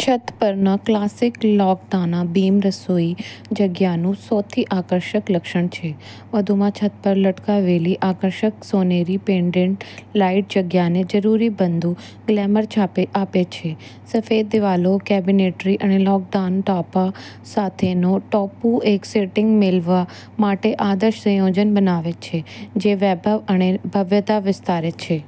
છત પરના ક્લાસિક લાકડાના બીમ રસોઈ જગ્યાનું સૌથી આકર્ષક લક્ષણ છે. વધુમાં, છત પર લટકાવેલી આકર્ષક સોનેરી પેન્ડન્ટ લાઇટ જગ્યાને જરૂરી તમામ ગ્લેમરને આમંત્રણ આપે છે. સફેદ દિવાલો, કેબિનેટરી અને લાકડાના ટોપ સાથેના ટાપુ એક સેટિંગને પ્રાપ્ત કરવા માટે એક આદર્શ સંયોજન બનાવે છે જે વૈભવી અને ભવ્યતા વિશે બોલે છે.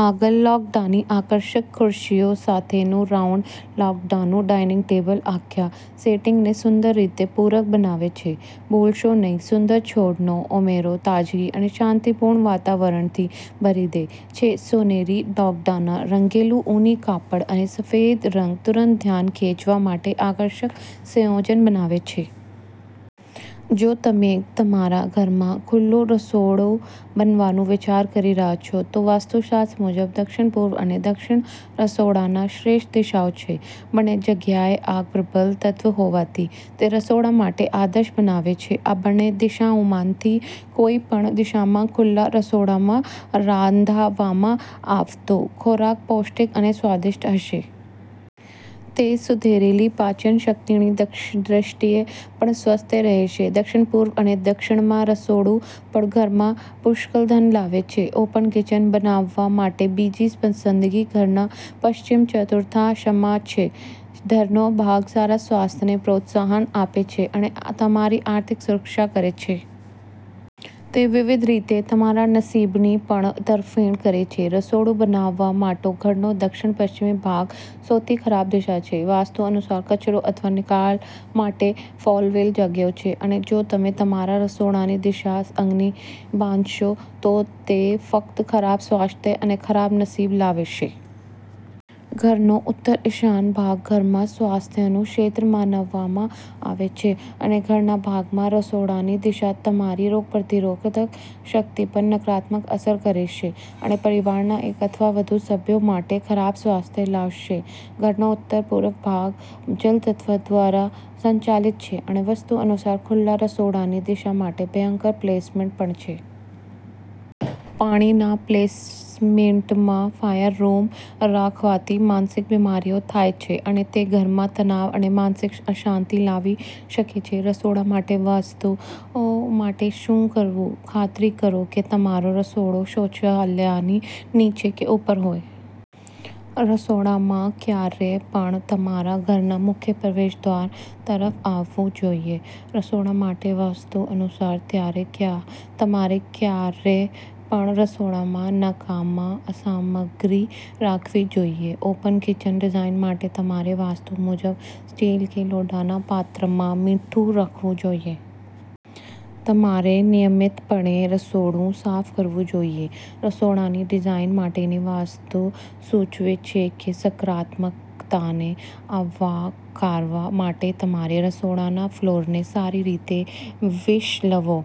આગળ, લાકડાની આકર્ષક ખુરશીઓ સાથેનું રાઉન્ડ લાકડાનું ડાઇનિંગ ટેબલ સમગ્ર સેટિંગને સુંદર રીતે પૂરક બનાવે છે. ભૂલશો નહીં, સુંદર છોડનો ઉમેરો તાજગી અને શાંતિપૂર્ણ વાતાવરણમાં ભરે છે. સોનેરી, લાકડાના રંગેલું ઊની કાપડ અને સફેદ રંગ ત્વરિતમાં ધ્યાન ખેંચવા માટે આકર્ષક સંયોજન બનાવે છે. જો તમે તમારા ઘરમાં ખુલ્લું રસોડું બનાવવાનું વિચારી રહ્યા છો, તો વાસ્તુશાસ્ત્ર મુજબ, દક્ષિણ-પૂર્વ અને દક્ષિણ રસોડાના શ્રેષ્ઠ દિશાઓ છે. બંને જગ્યાએ આગ પ્રબળ તત્વ હોવાથી તે રસોડા માટે આદર્શ બનાવે છે. આમાંથી કોઈપણ દિશામાં ખુલ્લા રસોડામાં રાંધવામાં આવતો ખોરાક પૌષ્ટિક અને સ્વાદિષ્ટ હશે. તે સુધરેલી પાચનશક્તિની દ્રષ્ટિએ પણ સ્વસ્થ રહેશે. દક્ષિણ-પૂર્વ અને દક્ષિણમાં રસોડું પણ ઘરમાં પુષ્કળ ધન લાવે છે. ઓપન કિચન બનાવવા માટે બીજી પસંદગી ઘરના પશ્ચિમ ચતુર્થાંશમાં છે. ઘરનો ભાગ સારા સ્વાસ્થ્યને પ્રોત્સાહન આપે છે અને તમારી આર્થિક સુરક્ષા કરે છે. તે વિવિધ રીતે તમારા નસીબની પણ તરફેણ કરે છે. રસોડું બનાવવા માટે ઘરનો દક્ષિણ-પશ્ચિમ ભાગ સૌથી ખરાબ દિશા છે. વાસ્તુ અનુસાર કચરો અથવા નિકાલ માટે ફાળવેલ જગ્યા છે, અને જો તમે તમારા રસોડાની દિશા અહીં બાંધશો, તો તે ફક્ત ખરાબ સ્વાસ્થ્ય અને ખરાબ નસીબ લાવશે. ઘરનો ઉત્તર-ઈશાન ભાગ ઘરમાં સ્વાસ્થ્યનું ક્ષેત્ર માનવામાં આવે છે અને ઘરના ભાગમાં રસોડાની દિશા તમારી રોગપ્રતિકારક શક્તિ પર નકારાત્મક અસર કરશે અને પરિવારના એક અથવા વધુ સભ્યો માટે ખરાબ સ્વાસ્થ્ય લાવશે. ઘરનો ઉત્તરપૂર્વ ભાગ જળ તત્વ દ્વારા સંચાલિત છે અને વાસ્તુ અનુસાર ખુલ્લા રસોડાની દિશા માટે ભયંકર પ્લેસમેન્ટ પણ છે. પાણીના પ્લેસમેન્ટમાં ફાયર રૂમ રાખવાથી માનસિક બિમારીઓ થાય છે અને તે ઘરમાં તણાવ અને માનસિક અશાંતિ લાવી શકે છે. રસોડા માટે વાસ્તુ માટે શું કરવું? ખાતરી કરો કે તમારું રસોડું શૌચાલયની નીચે કે ઉપર હોય. રસોડામાં ક્યારેય પણ તમારા ઘરના મુખ્ય પ્રવેશદ્વાર તરફ આવવું જોઈએ. રસોડા માટે વાસ્તુ અનુસાર તમારે ક્યારેય પણ રસોડામાં નકામા સામગ્રી રાખવી જોઈએ. ઓપન કિચન ડિઝાઇન માટે તમારે વાસ્તુ મુજબ સ્ટીલ કે લોખંડના પાત્રમાં મીઠું રાખવું જોઈએ. તમારે નિયમિતપણે રસોડું સાફ કરવું જોઈએ. રસોડાની ડિઝાઈન માટેની વાસ્તુ સૂચવે છે કે હકારાત્મકતાને આવકારવા માટે તમારે રસોડાના ફ્લોરને સારી રીતે વીંછળવું.